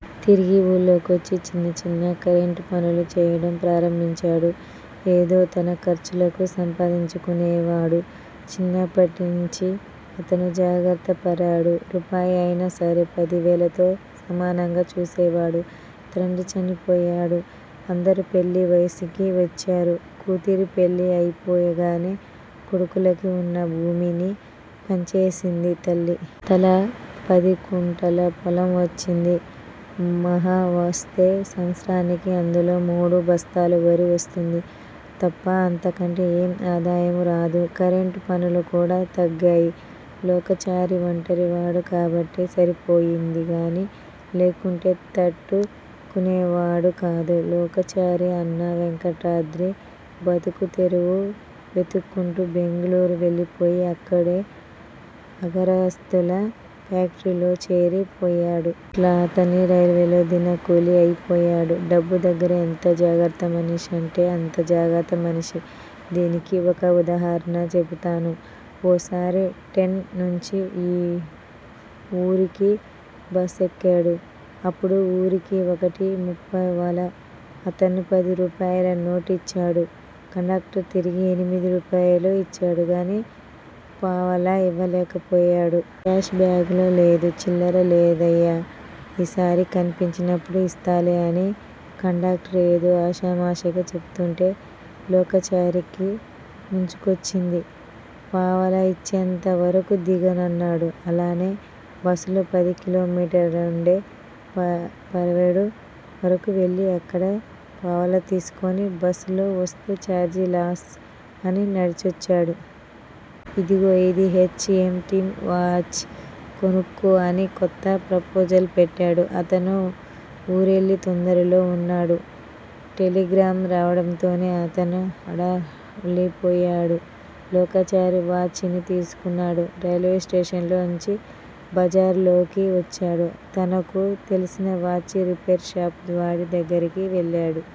తిరిగి ఊర్లోకివచ్చి చిన్న చిన్న కరెంటుపనులు చేయడం ప్రారంభించాడు. ఏదో తన ఖర్చులకు సంపాందించునేవాడు. చిన్నప్పట్నించీ అతను జాగ్రత్తపరుడు. రూపాయి అయినా సరే పదివేలతో సమానంగా చూసేవాడు. తండ్రి చనిపోయాడు. అందరూ పెళ్ళి వయసుకి వచ్చారు. కూతురి పెళ్ళి అయిపోగానే కొడుకులకి వున్న భూమిని పంచేసింది తల్లి. తలా పదికుంటల పొలం వచ్చింది. మహావస్తే సంవత్సరానికి అందులో మూడు బస్తాల వరి వస్తుంది తప్ప అంతకంటే ఏమ్ ఆదాయమూ రాదు. కరెంటు పనులు కూడా తగ్గాయి. లోకచారి ఒంటరివాడు కాబట్టి సరిపోయిందిగానీ లేకుంటేతట్టు కునేవాడు కాదు. లోకచారి అన్న వెంకటాద్రి బతుకుతెరువు వెతుక్కుంటూ బెంగుళూరు వెళ్ళిపోయి అక్కడే ఆగరత్తుల ఫ్యాక్టరీలోచేరి పోయాడు. అట్లా అతను రైల్వేలో దినకూలీ అయిపోయాడు. డబ్బు దగ్గర ఎంత జాగ్రత్తమనిషంటే అంత జాగ్రత్త మనిషి. దీనికీ ఒక ఉదాహరణ చెబుతాను. ఓ సారి టెన్ నుంచి ఈ వూరికి బస్సెక్కాడు. అప్పుడు వూరికి ఒకటీ ముప్పావలా. అతను పదిరూపాయల నోటిచ్చాడు. కండక్టర్ తిరిగి ఎనిమిది రూపాయలు ఇచ్చాడు గానీ పావలా ఇవ్వలేకపోయాడు. క్యాష్ బాగ్ లో లేదు. చిల్లర లేదయ్యా ఈసారి కనిపించినప్పుడు ఇస్తాలే అని కండక్టర్ ఏదో ఆషామాషీగా చెబుతుంటే లోకాచారికి ముంచుకొచ్చింది. పావలా ఇచ్చేంత వరకు దిగనన్నాడు. అలానే బస్సులో పది కిలోమీటర్లుండే పర్పేడు వరకు వెళ్ళి అక్కడ పావలా తీసుకుని బస్ లో వస్తే ఛార్జీ లాస్ అని నడిచొచ్చాడు. ఇదిగో ఇది హెచ్. ఎం. టి. వాచ్ కొనుక్కో అని కొత్త ప్రపోజల్ పెట్టాడు. అతను వూరెళ్లి తొందరలో వున్నాడు. టెలిగ్రాం రావడంతోనే అతను హడలిపోయాడు. లోకాచారి వాచ్ ని తీసుకున్నాడు. రైల్వే స్టేషన్ లోంచి బజారులోకి వచ్చాడు. తనకు తెలిసిన వాచ్ రిపేరు షాపు వాడి దగ్గరికి వెళ్ళాడు.